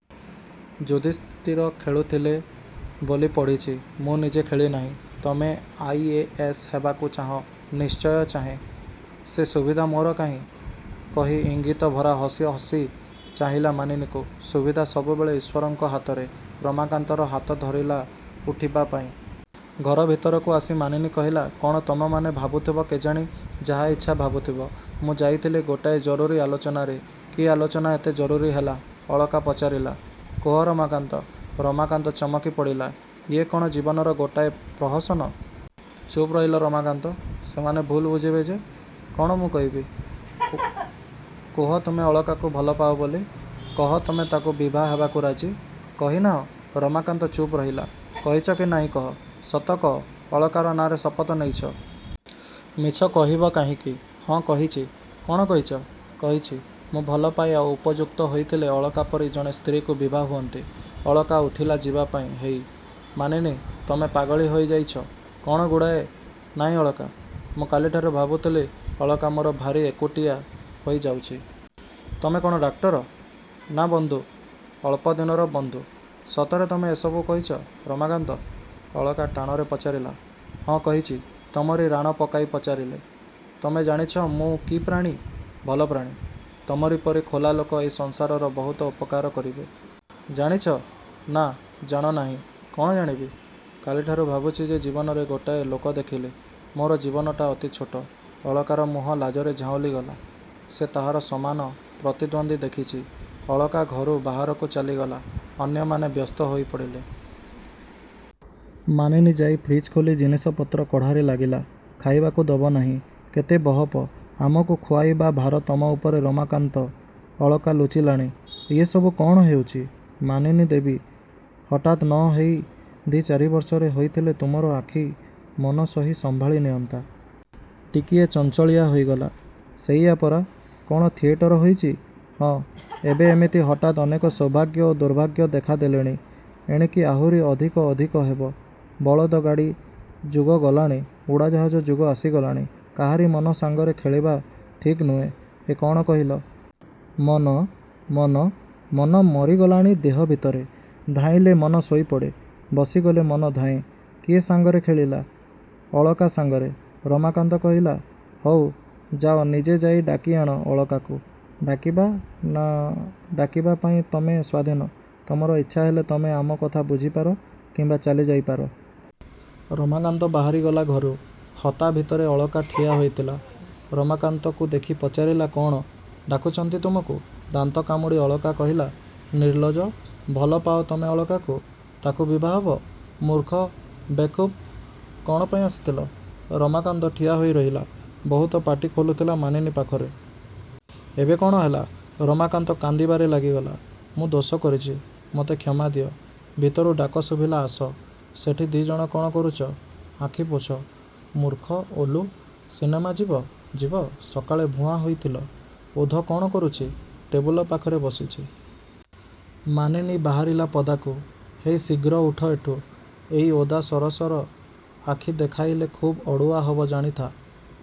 -ଯୁଧିଷ୍ଠିର ଖେଳୁଥିଲେ ବୋଲି ପଢ଼ିଛି। ମୁଁ ନିଜେ ଖେଳି ନାହିଁ। -ତମେ ଆଇ-ଏ-ଏସ୍ ହବାକୁ ଚାହଁ? -ନିଶ୍ଚୟ ଚାହେଁ। ସେ ସୁବିଧା ମୋର କାହିଁ? -କହି ଇଙ୍ଗିତଭରା ହସ ହସି ଚାହିଁଲା ମାନିନୀକୁ। -ସୁବିଧା ସବୁବେଳେ ଈଶ୍ୱରଙ୍କ ହାତରେ। ରମାକାନ୍ତର ହାତ ଧରିଲା ଉଠିବା ପାଇଁ। ଘର ଭିତରକୁ ଆସି ମାନିନୀ କହିଲା-କ'ଣ ତମେମାନେ ଭାବୁଥିବ କେଜାଣି। ଯାହା ଇଚ୍ଛା ଭାବୁଥିବ। ମୁଁ ଯାଇଥିଲି ଗୋଟାଏ ଜରୁରୀ ଆଲୋଚନାରେ। -କି ଆଲୋଚନା ଏତେ ଜରୁରୀ ହେଲା? -ଅଳକା ପଚାରିଲା। -କୁହ, ରମାକାନ୍ତ। ରମାକାନ୍ତ ଚମକି ପଡ଼ିଲା। ଇଏ କ'ଣ ଜୀବନର ଗୋଟାଏ ପ୍ରହସନ? -ଚୁପ ରହିଲ, ରମାକାନ୍ତ। ସେମାନେ ଭୁଲ୍ ବୁଝିବେ ଯେ। -କ'ଣ ମୁଁ କହିବି? -କୁହ, ତୁମେ ଅଳକାକୁ ଭଲପାଅ ବୋଲି। -କହ, ତମେ ତାକୁ ବିଭା ହେବାକୁ ରାଜି। କହିନାହଁ? ରମାକାନ୍ତ ଚୁପ୍ ରହିଲା। -କହିଛ କି ନାହିଁ କହ। ସତ କହ-ଅଳକାର ନାଁରେ ଶପଥ ନେଇଛ। ମିଛ କହିବ କାହିଁକି? -ହଁ, କହିଛି। -କ'ଣ କହିଛ? -କହିଛି, ମୁଁ ଭଲପାଏ ଆଉ ଉପଯୁକ୍ତ ହୋଇଥିଲେ ଅଳକା ପରି ଜଣେ ସ୍ତ୍ରୀକୁ ବିଭା ହୁଅନ୍ତି। ଅଳକା ଉଠିଲା ଯିବାପାଇଁ-ହେଇ। ମାନିନୀ, -ତମେ ପାଗଳି ହୋଇ ଯାଇଛ। କ'ଣ ଗୁଡ଼ାଏ -ନାହିଁ ଅଳକା। ମୁଁ କାଲିଠାରୁ ଭାବୁଥିଲି ଅଳକା ମୋର ଭାରି ଏକୁଟିଆ ହୋଇ ଯାଉଛି। -ତମେ କ'ଣ ଡାକ୍ତର? -ନା, ବନ୍ଧୁ। -ଅଳ୍ପ ଦିନର ବନ୍ଧୁ। -ସତରେ ତମେ ଏସବୁ କହିଛ-ରମାକାନ୍ତ? ଅଳକା ଟାଣରେ ପଚାରିଲା। -ହଁ, କହିଛି। ତମରି ରାଣ ପକାଇ ପଚାରିଲେ। -ତମେ ଜାଣିଛ ମୁଁ କି ପ୍ରାଣୀ? -ଭଲ ପ୍ରାଣୀ। ତମରି ପରି ଖୋଲା ଲୋକ ଏଇ ସଂସାରର ବହୁତ ଉପକାର କରିବେ-। -ଜାଣିଛ? -ନା, ଜାଣ ନାହିଁ। -କ'ଣ ଜାଣିବି? କାଲିଠାରୁ ଭାବୁଛି ଯେ ଜୀବନରେ ଗୋଟାଏ ଲୋକ ଦେଖିଲି। ମୋର ଜୀବନଟା ଅତି ଛୋଟ। ଅଳକାର ମୁହଁ ଲାଜରେ ଝାଉଁଳି ଗଲା। -ସେ ତାହାର ସମାନ ପ୍ରତିଦ୍ୱନ୍ଦୀ ଦେଖିଛି। ଅଳକା ଘରୁ ବାହାରକୁ ଚାଲିଗଲା। ଅନ୍ୟମାନେ ବ୍ୟସ୍ତ ହୋଇପଡ଼ିଲେ। ମାନିନୀ ଯାଇ ଫ୍ରିଜଖୋଲି ଜିନିଷ ପତ୍ର କଢ଼ାରେ ଲାଗିଲା-ଖାଇବାକୁ ଦବ ନାହିଁ? କେତେ ବହପ? ଆମକୁ ଖୁଆଇବା ଭାର ତମ ଉପରେ ରମାକାନ୍ତ-ଅଳକା ଲୁଚିଲାଣି। -ଇଏ ସବୁ କଅଣ ହେଉଛି? ମାନିନୀ ଦେବୀ- -ହଠାତ୍ ନ ହେଇ ଦି' ଚାରିବର୍ଷରେ ହୋଇଥିଲେ ତୁମର ଆଖି, ମନ ସହି ସମ୍ଭାଳି ନିଅନ୍ତା। ଟିକିଏ ଚଞ୍ଚଳିଆ ହୋଇଗଲା। -ସେଇଆ ପରା। କ'ଣ ଥିଏଟର ହୋଇଛି? -ହଁ। ଏବେ ଏମିତି ହଠାତ୍ ଅନେକ ସୌଭାଗ୍ୟ ଓ ଦୁର୍ଭାଗ୍ୟ ଦେଖା ଦେଲେଣି-ଏଣିକି ଆଉରି ଅଧିକ-ଅଧିକ ହେବ। ବଳଦଗାଡ଼ି ଯୁଗ ଗଲାଣି-ଉଡ଼ାଜାହାଜ ଯୁଗ ଆସିଗଲାଣି। -କାହାରି ମନ ସାଙ୍ଗରେ ଖେଳିବା ଠିକ୍ ନୁହେଁ। -ଏଁ, କ'ଣ କହିଲ? ମନ? -ମନ? ମନ ମରିଗଲାଣି ଦେହ ଭିତରେ। ଧାଇଁଲେ ମନ ଶୋଇପଡ଼େ-ବସିଗଲେ ମନ ଧାଏଁ। କିଏ ସାଙ୍ଗରେ ଖେଳିଲା? -ଅଳକା ସାଙ୍ଗରେ। ରମାକାନ୍ତ କହିଲା। -ହଉ, ଯାଅ, ନିଜେ ଯାଇ ଡାକି ଆଣ ଅଳକାକୁ। ଡାକିବା ନ ଡାକିବା ପାଇଁ ତମେ ସ୍ୱାଧୀନ। ତମର ଇଚ୍ଛା ହେଲେ ତମେ ଆମ କଥା ବୁଝିପାର କିମ୍ବା ଚାଲିଯାଇପାର। ରମାକାନ୍ତ ବାହାରିଗଲା ଘରୁ। ହତା ଭିତରେ ଅଳକା ଠିଆ ହୋଇଥିଲା। ରମାକାନ୍ତକୁ ଦେଖି ପଚାରିଲା-କ'ଣ? -ଡାକୁଛନ୍ତି ତୁମକୁ। ଦାନ୍ତ କାମୁଡ଼ି ଅଳକା କହିଲା-ନିର୍ଲଜ। ଭଲ ପାଅ ତମେ ଅଳକାକୁ? ତାକୁ ବିଭା ହେବ? -ମୂର୍ଖ-ବେକୁଫ୍। କ'ଣ ପାଇଁ ଆସିଥିଲ? ରମାକାନ୍ତ ଠିଆହୋଇ ରହିଲା। -ବହୁତ ପାଟି ଖୋଲୁଥିଲା ମାନିନୀ ପାଖରେ। ଏବେ କ'ଣ ହେଲା? ରମାକାନ୍ତ କାନ୍ଦିବାରେ ଲାଗିଗଲା-ମୁଁ ଦୋଷ କରିଛି। ମତେ କ୍ଷମା ଦିଅ। ଭିତରୁ ଡାକ ଶୁଭିଲା-ଆସ। ସେଠି ଦି'ଜଣ କ'ଣ କରୁଛ? -ଆଖି ପୋଛ। ମୂର୍ଖ, ଓଲୁ, -ସିନେମା ଯିବ? -ଯିବ? -ସକାଳେ ଭୁଆଁ ହୋଇଥିଲ-। ଓଧ କ'ଣ କରୁଛି? -ଟେବୁଲ ପାଖରେ ବସିଛି। ମାନିନୀ ବାହାରିଲା ପଦାକୁ। -ହେଇ ଶୀଘ୍ର ଉଠ ଏଠୁ। ଏଇ ଓଦା ସରସର ଆଖି ଦେଖାଇଲେ ଖୁବ୍ ଅଡ଼ୁଆ ହବ ଜାଣିଥା।